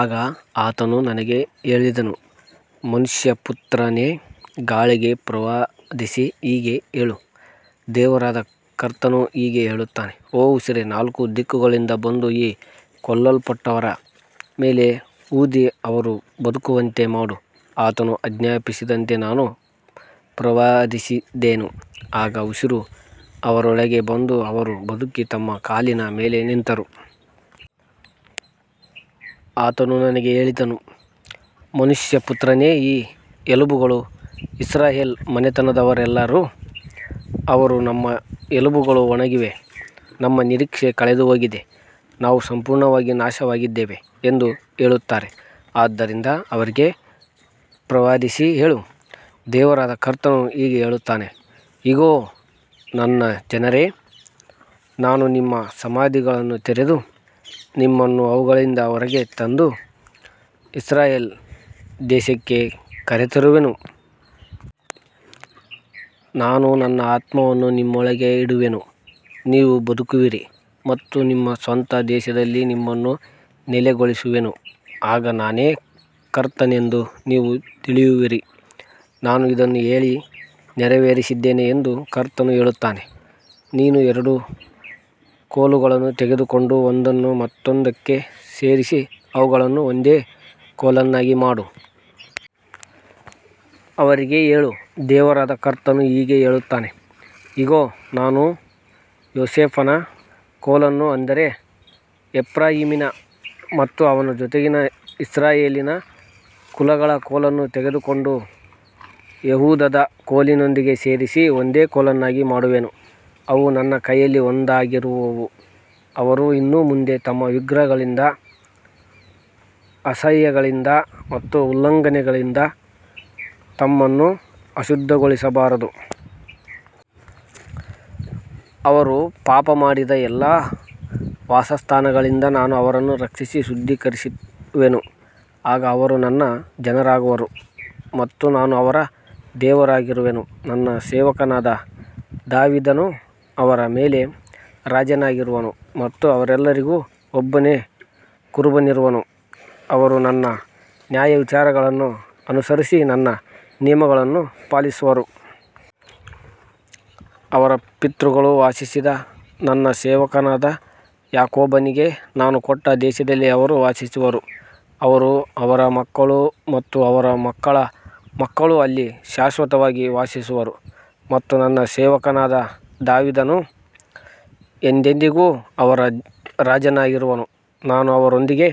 ಆಗ ಆತನು ನನಗೆ ಹೇಳಿದನು, ಮನುಷ್ಯಪುತ್ರನೇ, ಗಾಳಿಗೆ ಪ್ರವಾದಿಸಿ ಹೀಗೆ ಹೇಳು, ದೇವರಾದ ಕರ್ತನು ಹೀಗೆ ಹೇಳುತ್ತಾನೆ, ಓ ಉಸಿರೇ, ನಾಲ್ಕು ದಿಕ್ಕುಗಳಿಂದ ಬಂದು ಈ ಕೊಲ್ಲಲ್ಪಟ್ಟವರ ಮೇಲೆ ಊದಿ ಅವರು ಬದುಕುವಂತೆ ಮಾಡು. ಆತನು ಆಜ್ಞಾಪಿಸಿದಂತೆ ನಾನು ಪ್ರವಾದಿಸಿದೆನು, ಆಗ ಉಸಿರು ಅವರೊಳಗೆ ಬಂದು ಅವರು ಬದುಕಿ ತಮ್ಮ ಕಾಲಿನ ಮೇಲೆ ನಿಂತರು. ಆತನು ನನಗೆ ಹೇಳಿದನು, ಮನುಷ್ಯಪುತ್ರನೇ, ಈ ಎಲುಬುಗಳು ಇಸ್ರಾಯೇಲ್ ಮನೆತನದವರೆಲ್ಲರೂ. ಅವರು, ನಮ್ಮ ಎಲುಬುಗಳು ಒಣಗಿವೆ, ನಮ್ಮ ನಿರೀಕ್ಷೆ ಕಳೆದುಹೋಗಿದೆ, ನಾವು ಸಂಪೂರ್ಣವಾಗಿ ನಾಶವಾಗಿದ್ದೇವೆ ಎಂದು ಹೇಳುತ್ತಾರೆ. ಆದದರಿಂದ ಅವರಿಗೆ ಪ್ರವಾದಿಸಿ ಹೇಳು, ದೇವರಾದ ಕರ್ತನು ಹೀಗೆ ಹೇಳುತ್ತಾನೆ, ಇಗೋ, ನನ್ನ ಜನರೇ, ನಾನು ನಿಮ್ಮ ಸಮಾಧಿಗಳನ್ನು ತೆರೆದು ನಿಮ್ಮನ್ನು ಅವುಗಳಿಂದ ಹೊರಗೆ ತಂದು ಇಸ್ರಾಯೇಲ್ ದೇಶಕ್ಕೆ ಕರೆತರುವೆನು. ನಾನು ನನ್ನ ಆತ್ಮವನ್ನು ನಿಮ್ಮೊಳಗೆ ಇಡುವೆನು, ನೀವು ಬದುಕುವಿರಿ ಮತ್ತು ನಿಮ್ಮ ಸ್ವಂತ ದೇಶದಲ್ಲಿ ನಿಮ್ಮನ್ನು ನೆಲೆಗೊಳಿಸುವೆನು. ಆಗ ನಾನೇ ಕರ್ತನೆಂದು ನೀವು ತಿಳಿಯುವಿರಿ, ನಾನು ಇದನ್ನು ಹೇಳಿ ನೆರವೇರಿಸಿದ್ದೇನೆ ಎಂದು ಕರ್ತನು ಹೇಳುತ್ತಾನೆ. ನೀನು ಎರಡು ಕೋಲುಗಳನ್ನು ತೆಗೆದುಕೊಂಡು ಒಂದನ್ನು ಮತ್ತೊಂದಕ್ಕೆ ಸೇರಿಸಿ ಅವುಗಳನ್ನು ಒಂದೇ ಕೋಲನ್ನಾಗಿ ಮಾಡು. ಅವರಿಗೆ ಹೇಳು, ದೇವರಾದ ಕರ್ತನು ಹೀಗೆ ಹೇಳುತ್ತಾನೆ, ಇಗೋ, ನಾನು ಯೋಸೇಫನ ಕೋಲನ್ನು, ಅಂದರೆ ಎಫ್ರಾಯೀಮಿನ ಮತ್ತು ಅವನ ಜೊತೆಗಿನ ಇಸ್ರಾಯೇಲಿನ ಕುಲಗಳ ಕೋಲನ್ನು ತೆಗೆದುಕೊಂಡು, ಯೆಹೂದದ ಕೋಲಿನೊಂದಿಗೆ ಸೇರಿಸಿ ಒಂದೇ ಕೋಲನ್ನಾಗಿ ಮಾಡುವೆನು. ಅವು ನನ್ನ ಕೈಯಲ್ಲಿ ಒಂದಾಗಿರುವವು. ಅವರು ಇನ್ನು ಮುಂದೆ ತಮ್ಮ ವಿಗ್ರಹಗಳಿಂದ, ಅಸಹ್ಯಗಳಿಂದ ಮತ್ತು ಉಲ್ಲಂಘನೆಗಳಿಂದ ತಮ್ಮನ್ನು ಅಶುದ್ಧಗೊಳಿಸಬಾರದು. ಅವರು ಪಾಪಮಾಡಿದ ಎಲ್ಲಾ ವಾಸಸ್ಥಾನಗಳಿಂದ ನಾನು ಅವರನ್ನು ರಕ್ಷಿಸಿ ಶುದ್ಧೀಕರಿಸುವೆನು. ಆಗ ಅವರು ನನ್ನ ಜನರಾಗುವರು ಮತ್ತು ನಾನು ಅವರ ದೇವರಾಗಿರುವೆನು. ನನ್ನ ಸೇವಕನಾದ ದಾವೀದನು ಅವರ ಮೇಲೆ ರಾಜನಾಗಿರುವನು ಮತ್ತು ಅವರೆಲ್ಲರಿಗೂ ಒಬ್ಬನೇ ಕುರುಬನಿರುವನು. ಅವರು ನನ್ನ ನ್ಯಾಯವಿಚಾರಣೆಗಳನ್ನು ಅನುಸರಿಸಿ ನನ್ನ ನಿಯಮಗಳನ್ನು ಪಾಲಿಸುವರು. ಅವರ ಪಿತೃಗಳು ವಾಸಿಸಿದ, ನನ್ನ ಸೇವಕನಾದ ಯಾಕೋಬನಿಗೆ ನಾನು ಕೊಟ್ಟ ದೇಶದಲ್ಲಿ ಅವರು ವಾಸಿಸುವರು. ಅವರು, ಅವರ ಮಕ್ಕಳು ಮತ್ತು ಅವರ ಮಕ್ಕಳ ಮಕ್ಕಳು ಅಲ್ಲಿ ಶಾಶ್ವತವಾಗಿ ವಾಸಿಸುವರು ಮತ್ತು ನನ್ನ ಸೇವಕನಾದ ದಾವೀದನು ಎಂದೆಂದಿಗೂ ಅವರ ರಾಜನಾಗಿರುವನು. ನಾನು ಅವರೊಂದಿಗೆ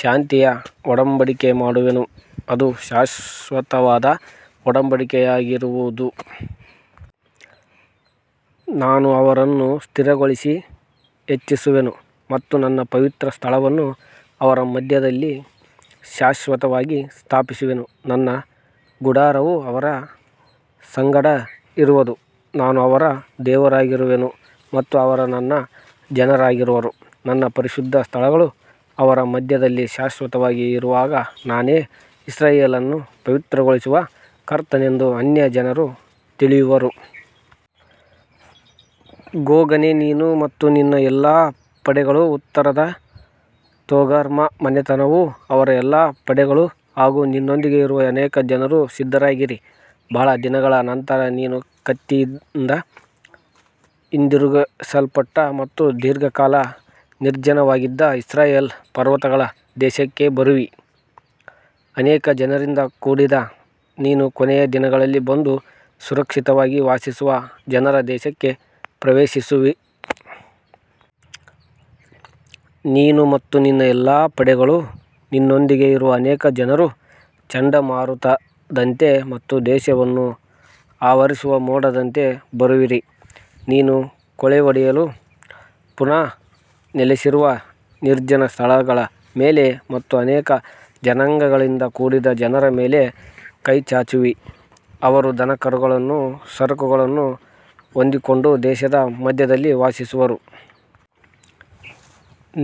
ಶಾಂತಿಯ ಒಡಂಬಡಿಕೆ ಮಾಡುವೆನು, ಅದು ಶಾಶ್ವತವಾದ ಒಡಂಬಡಿಕೆಯಾಗಿರುವುದು. ನಾನು ಅವರನ್ನು ಸ್ಥಿರಗೊಳಿಸಿ ಹೆಚ್ಚಿಸುವೆನು ಮತ್ತು ನನ್ನ ಪವಿತ್ರ ಸ್ಥಳವನ್ನು ಅವರ ಮಧ್ಯದಲ್ಲಿ ಶಾಶ್ವತವಾಗಿ ಸ್ಥಾಪಿಸುವೆನು. ನನ್ನ ಗುಡಾರವು ಅವರ ಸಂಗಡ ಇರುವದು, ನಾನು ಅವರ ದೇವರಾಗಿರುವೆನು ಮತ್ತು ಅವರು ನನ್ನ ಜನರಾಗಿರುವರು. ನನ್ನ ಪರಿಶುದ್ಧ ಸ್ಥಳವು ಅವರ ಮಧ್ಯದಲ್ಲಿ ಶಾಶ್ವತವಾಗಿ ಇರುವಾಗ ನಾನೇ ಇಸ್ರಾಯೇಲನ್ನು ಪವಿತ್ರಗೊಳಿಸುವ ಕರ್ತನೆಂದು ಅನ್ಯಜನರು ತಿಳಿಯುವರು. ಗೋಗನೇ, ನೀನು ಮತ್ತು ನಿನ್ನ ಎಲ್ಲಾ ಪಡೆಗಳು, ಉತ್ತರದ ತೊಗರ್ಮಾ ಮನೆತನವೂ ಅವರ ಎಲ್ಲಾ ಪಡೆಗಳೂ ಹಾಗೂ ನಿನ್ನೊಂದಿಗೆ ಇರುವ ಅನೇಕ ಜನರೂ ಸಿದ್ಧರಾಗಿರಿ. ಬಹಳ ದಿನಗಳ ನಂತರ ನೀನು ಕತ್ತಿಯಿಂದ ಹಿಂದಿರುಗಿಸಲ್ಪಟ್ಟ ಮತ್ತು ದೀರ್ಘಕಾಲ ನಿರ್ಜನವಾಗಿದ್ದ ಇಸ್ರಾಯೇಲ್ ಪರ್ವತಗಳ ದೇಶಕ್ಕೆ ಬರುವಿ. ಅನೇಕ ಜನರಿಂದ ಕೂಡಿದ ನೀನು ಕೊನೆಯ ದಿನಗಳಲ್ಲಿ ಬಂದು, ಸುರಕ್ಷಿತವಾಗಿ ವಾಸಿಸುವ ಜನರ ದೇಶಕ್ಕೆ ಪ್ರವೇಶಿಸುವಿ. ನೀನು ಮತ್ತು ನಿನ್ನ ಎಲ್ಲಾ ಪಡೆಗಳು, ನಿನ್ನೊಂದಿಗೆ ಇರುವ ಅನೇಕ ಜನರು, ಚಂಡಮಾರುತದಂತೆ ಮತ್ತು ದೇಶವನ್ನು ಆವರಿಸುವ ಮೋಡದಂತೆ ಬರುವಿರಿ. ನೀನು ಕೊಳ್ಳೆಹೊಡೆಯಲು, ಪುನಃ ನೆಲೆಸಿರುವ ನಿರ್ಜನ ಸ್ಥಳಗಳ ಮೇಲೆ ಮತ್ತು ಅನೇಕ ಜನಾಂಗಗಳಿಂದ ಕೂಡಿದ ಜನರ ಮೇಲೆ ಕೈಚಾಚುವಿ. ಅವರು ದನಕರುಗಳನ್ನೂ ಸರಕುಗಳನ್ನೂ ಹೊಂದಿಕೊಂಡು ದೇಶದ ಮಧ್ಯದಲ್ಲಿ ವಾಸಿಸುವರು.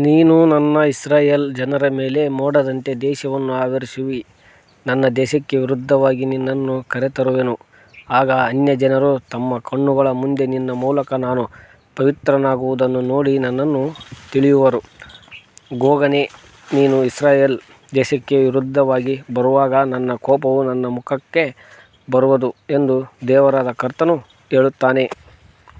ನೀನು ನನ್ನ ಇಸ್ರಾಯೇಲ್ ಜನರ ಮೇಲೆ ಮೋಡದಂತೆ ದೇಶವನ್ನು ಆವರಿಸುವಿ. ನನ್ನ ದೇಶಕ್ಕೆ ವಿರುದ್ಧವಾಗಿ ನಿನ್ನನ್ನು ಕರೆತರುವೆನು, ಆಗ ಅನ್ಯಜನರು ತಮ್ಮ ಕಣ್ಣುಗಳ ಮುಂದೆ ನಿನ್ನ ಮೂಲಕ ನಾನು ಪವಿತ್ರನಾಗುವುದನ್ನು ನೋಡಿ ನನ್ನನ್ನು ತಿಳಿಯುವರು. ಗೋಗನೇ, ನೀನು ಇಸ್ರಾಯೇಲ್ ದೇಶಕ್ಕೆ ವಿರುದ್ಧವಾಗಿ ಬರುವಾಗ ನನ್ನ ಕೋಪವು ನನ್ನ ಮುಖಕ್ಕೆ ಬರುವದು ಎಂದು ದೇವರಾದ ಕರ್ತನು ಹೇಳುತ್ತಾನೆ.